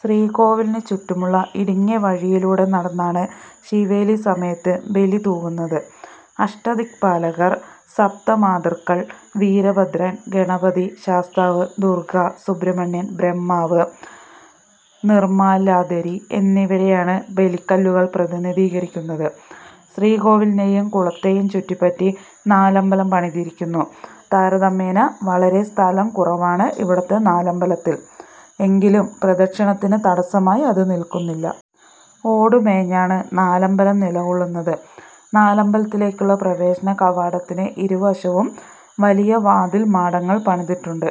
ശ്രീകോവിലിന് ചുറ്റുമുള്ള ഇടുങ്ങിയ വഴിയിലൂടെ നടന്നാണ് ശീവേലിസമയത്ത് ബലിതൂകുന്നത്. അഷ്ടദിക്പാലകർ, സപ്തമാതൃക്കൾ, വീരഭദ്രൻ, ഗണപതി, ശാസ്താവ്, ദുർഗ്ഗ, സുബ്രഹ്മണ്യൻ, ബ്രഹ്മാവ്, നിർമ്മാല്യധാരി എന്നിവരെയാണ് ബലിക്കല്ലുകൾ പ്രതിനിധീകരിയ്ക്കുന്നത്. ശ്രീകോവിലിനെയും കുളത്തെയും ചുറ്റിപ്പറ്റി നാലമ്പലം പണിതിരിയ്ക്കുന്നു. താരതമ്യേന വളരെ സ്ഥലം കുറവാണ് ഇവിടത്തെ നാലമ്പലത്തിൽ. എങ്കിലും പ്രദക്ഷിണത്തിന് തടസ്സമായി അത് നിൽക്കുന്നില്ല. ഓടുമേഞ്ഞാണ് നാലമ്പലം നിലകൊള്ളുന്നത്. നാലമ്പലത്തിലേയ്ക്കുള്ള പ്രവേശനകവാടത്തിന് ഇരുവശവും വലിയ വാതിൽമാടങ്ങൾ പണിതിട്ടുണ്ട്.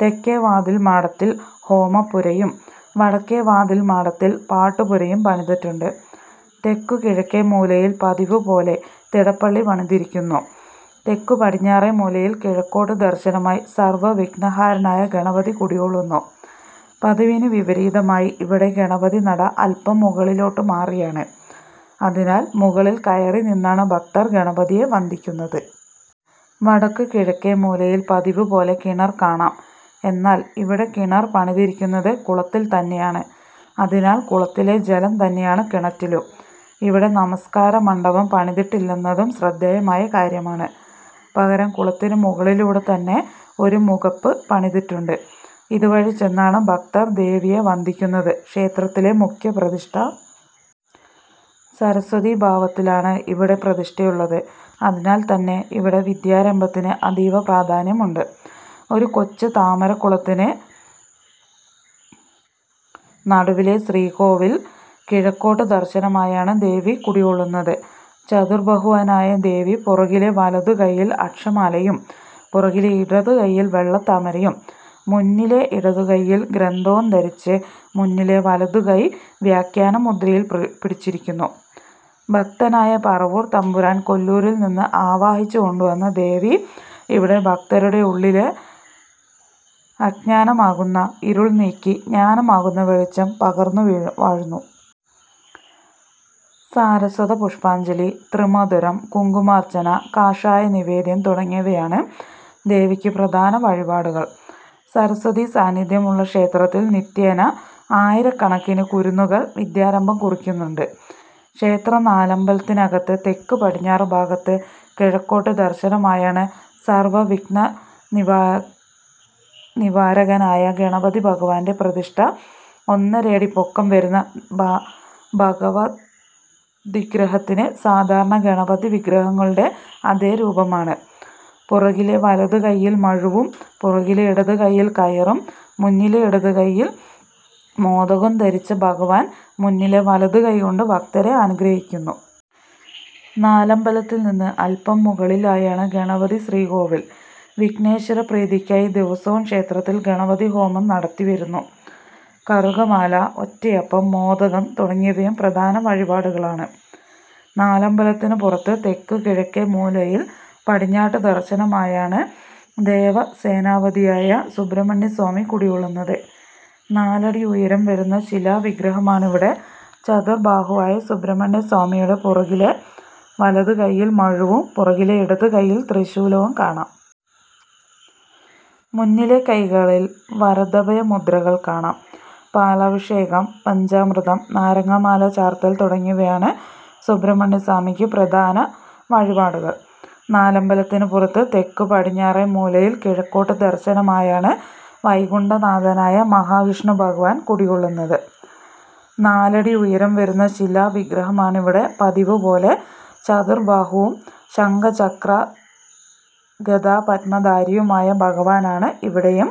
തെക്കേ വാതിൽമാടത്തിൽ ഹോമപ്പുരയും വടക്കേ വാതിൽമാടത്തിൽ പാട്ടുപുരയും പണിതിട്ടുണ്ട്. തെക്കുകിഴക്കേമൂലയിൽ പതിവുപോലെ തിടപ്പള്ളി പണിതിരിയ്ക്കുന്നു. തെക്കുപടിഞ്ഞാറേമൂലയിൽ കിഴക്കോട്ട് ദർശനമായി സർവ്വവിഘ്നഹരനായ ഗണപതി കുടികൊള്ളുന്നു. പതിവിന് വിപരീതമായി ഇവിടെ ഗണപതിനട അല്പം മുകളിലോട്ടുമാറിയാണ്. അതിനാൽ, മുകളിൽ കയറിനിന്നാണ് ഭക്തർ ഗണപതിയെ വന്ദിയ്ക്കുന്നത്. വടക്കുകിഴക്കേമൂലയിൽ പതിവുപോലെ കിണർ കാണാം. എന്നാൽ, ഇവിടെ കിണർ പണിതിരിയ്ക്കുന്നത് കുളത്തിൽ തന്നെയാണ്! അതിനാൽ, കുളത്തിലെ ജലം തന്നെയാണ് കിണറ്റിലും. ഇവിടെ നമസ്കാരമണ്ഡപം പണിതിട്ടില്ലെന്നതും ശ്രദ്ധേയമായ കാര്യമാണ്. പകരം കുളത്തിന് മുകളിലൂടെത്തന്നെ ഒരു മുഖപ്പ് പണിതിട്ടുണ്ട്. ഇതുവഴി ചെന്നാണ് ഭക്തർ ദേവിയെ വന്ദിയ്ക്കുന്നത്. ക്ഷേത്രത്തിലെ മുഖ്യപ്രതിഷ്ഠ. സരസ്വതീഭാവത്തിലാണ് ഇവിടെ പ്രതിഷ്ഠയുള്ളത്. അതിനാൽ തന്നെ ഇവിടെ വിദ്യാരംഭത്തിന് അതീവപ്രാധാന്യമുണ്ട്. ഒരു കൊച്ചുതാമരക്കുളത്തിന് നടുവിലെ ശ്രീകോവിലിൽ കിഴക്കോട്ട് ദർശനമായാണ് ദേവി കുടികൊള്ളുന്നത്. ചതുർബാഹുവായ ദേവി പുറകിലെ വലതുകയ്യിൽ അക്ഷമാലയും പുറകിലെ ഇടതുകയ്യിൽ വെള്ളത്താമരയും മുന്നിലെ ഇടതുകയ്യിൽ ഗ്രന്ഥവും ധരിച്ച് മുന്നിലെ വലതുകൈ വ്യാഖ്യാനമുദ്രയിൽ പിടിച്ചിരിയ്ക്കുന്നു. ഭക്തനായ പറവൂർ തമ്പുരാൻ കൊല്ലൂരിൽ നിന്ന് ആവാഹിച്ചുകൊണ്ടുവന്ന ദേവി ഇവിടെ ഭക്തരുടെയുള്ളിലെ അജ്ഞാനമാകുന്ന ഇരുൾ നീക്കി ജ്ഞാനമാകുന്ന വെളിച്ചം പകർന്നുവാഴുന്നു. സാരസ്വത പുഷ്പാഞ്ജലി, ത്രിമധുരം, കുങ്കുമാർച്ചന, കഷായനിവേദ്യം തുടങ്ങിയവയാണ് ദേവിയ്ക്ക് പ്രധാന വഴിപാടുകൾ. സരസ്വതീസാന്നിദ്ധ്യമുള്ള ക്ഷേത്രത്തിൽ നിത്യേന ആയിരക്കണക്കിന് കുരുന്നുകൾ വിദ്യാരംഭം കുറിയ്ക്കുന്നുമുണ്ട്. ക്ഷേത്രനാലമ്പലത്തിനകത്ത് തെക്കുപടിഞ്ഞാറുഭാഗത്ത് കിഴക്കോട്ട് ദർശനമായാണ് സർവ്വവിഘ്നനിവാരകനായ ഗണപതിഭഗവാന്റെ പ്രതിഷ്ഠ. ഒന്നരയടി പൊക്കം വരുന്ന ഭഗവദ്വിഗ്രഹത്തിന് സാധാരണ ഗണപതിവിഗ്രഹങ്ങളുടെ അതേ രൂപമാണ്. പുറകിലെ വലതുകയ്യിൽ മഴുവും പുറകിലെ ഇടതുകയ്യിൽ കയറും മുന്നിലെ ഇടതുകയ്യിൽ മോദകവും ധരിച്ച ഭഗവാൻ മുന്നിലെ വലതുകൈ കൊണ്ട് ഭക്തരെ അനുഗ്രഹിയ്ക്കുന്നു. നാലമ്പലത്തിൽ നിന്ന് അല്പം മുകളിലായാണ് ഗണപതിശ്രീകോവിൽ. വിഘ്നേശ്വരപ്രീതിയ്ക്കായി ദിവസവും ക്ഷേത്രത്തിൽ ഗണപതിഹോമം നടത്തിവരുന്നു. കറുകമാല, ഒറ്റയപ്പം, മോദകം തുടങ്ങിയവയും പ്രധാനവഴിപാടുകളാണ്. നാലമ്പലത്തിന് പുറത്ത് തെക്കുകിഴക്കേമൂലയിൽ പടിഞ്ഞാട്ട് ദർശനമായാണ് ദേവസേനാപതിയായ സുബ്രഹ്മണ്യസ്വാമി കുടികൊള്ളുന്നത്. നാലടി ഉയരം വരുന്ന ശിലാവിഗ്രഹമാണിവിടെ. ചതുർബാഹുവായ സുബ്രഹ്മണ്യസ്വാമിയുടെ പുറകിലെ വലതുകയ്യിൽ മഴുവും പുറകിലെ ഇടതുകയ്യിൽ ത്രിശൂലവും കാണാം. മുന്നിലെ കൈകളിൽ വരദാഭയമുദ്രകൾ കാണാം. പാലഭിഷേകം, പഞ്ചാമൃതം, നാരങ്ങാമാല ചാർത്തൽ തുടങ്ങിയവയാണ് സുബ്രഹ്മണ്യസ്വാമിയ്ക്ക് പ്രധാന വഴിപാടുകൾ. നാലമ്പലത്തിന് പുറത്ത് തെക്കുപടിഞ്ഞാറേമൂലയിൽ കിഴക്കോട്ട് ദർശനമായാണ് വൈകുണ്ഠനാഥനായ മഹാവിഷ്ണുഭഗവാൻ കുടികൊള്ളുന്നത്. നാലടി ഉയരം വരുന്ന ശിലാവിഗ്രഹമാണിവിടെ. പതിവുപോലെ ചതുർബാഹുവും ശംഖചക്രഗദാപദ്മധാരിയുമായ ഭഗവാനാണ് ഇവിടെയും.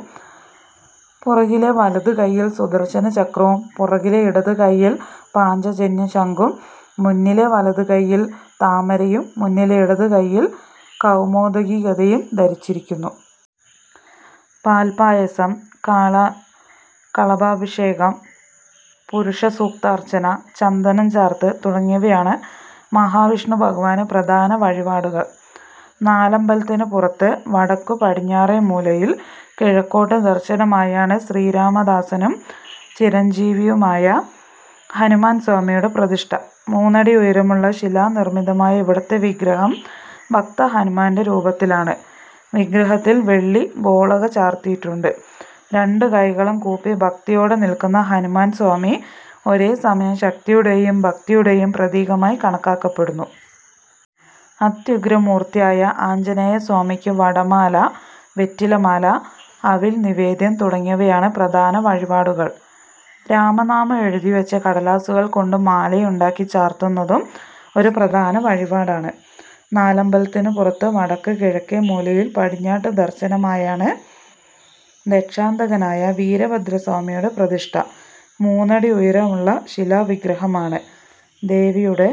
പുറകിലെ വലതുകയ്യിൽ സുദർശനചക്രവും പുറകിലെ ഇടതുകയ്യിൽ പാഞ്ചജന്യം ശംഖും മുന്നിലെ വലതുകയ്യിൽ താമരയും മുന്നിലെ ഇടതുകയ്യിൽ കൗമോദകി ഗദയും ധരിച്ചിരിയ്ക്കുന്നു. പാൽപ്പായസം, കളഭാഭിഷേകം, പുരുഷസൂക്താർച്ചന, ചന്ദനം ചാർത്ത് തുടങ്ങിയവയാണ് മഹാവിഷ്ണുഭഗവാന് പ്രധാന വഴിപാടുകൾ. നാലമ്പലത്തിന് പുറത്ത് വടക്കുപടിഞ്ഞാറേമൂലയിൽ കിഴക്കോട്ട് ദർശനമായാണ് ശ്രീരാമദാസനും ചിരഞ്ജീവിയുമായ ഹനുമാൻസ്വാമിയുടെ പ്രതിഷ്ഠ. മൂന്നടി ഉയരമുള്ള ശിലാനിർമ്മിതമായ ഇവിടത്തെ വിഗ്രഹം ഭക്തഹനുമാന്റെ രൂപത്തിലാണ്. വിഗ്രഹത്തിൽ വെള്ളിഗോളക ചാർത്തിയിട്ടുണ്ട്. രണ്ടുകൈകളും കൂപ്പി ഭക്തിയോടെ നിൽക്കുന്ന ഹനുമാൻ സ്വാമി ഒരേ സമയം ശക്തിയുടെയും ഭക്തിയുടെയും പ്രതീകമായി കണക്കാക്കപ്പെടുന്നു. അത്യുഗ്രമൂർത്തിയായ ആഞ്ജനേയസ്വാമിയ്ക്ക് വടമാല, വെറ്റിലമാല, അവിൽ നിവേദ്യം തുടങ്ങിയവയാണ് പ്രധാന വഴിപാടുകൾ. രാമനാമം എഴുതിവച്ച കടലാസുകൾ കൊണ്ട് മാലയുണ്ടാക്കി ചാർത്തുന്നതും ഒരു പ്രധാന വഴിപാടാണ്. നാലമ്പലത്തിന് പുറത്ത് വടക്കുകിഴക്കേമൂലയിൽ പടിഞ്ഞാട്ട് ദർശനമായാണ് ദക്ഷാന്തകനായ വീരഭദ്രസ്വാമിയുടെ പ്രതിഷ്ഠ. മൂന്നടി ഉയരമുള്ള ശിലാവിഗ്രഹമാണ്. ദേവിയുടെ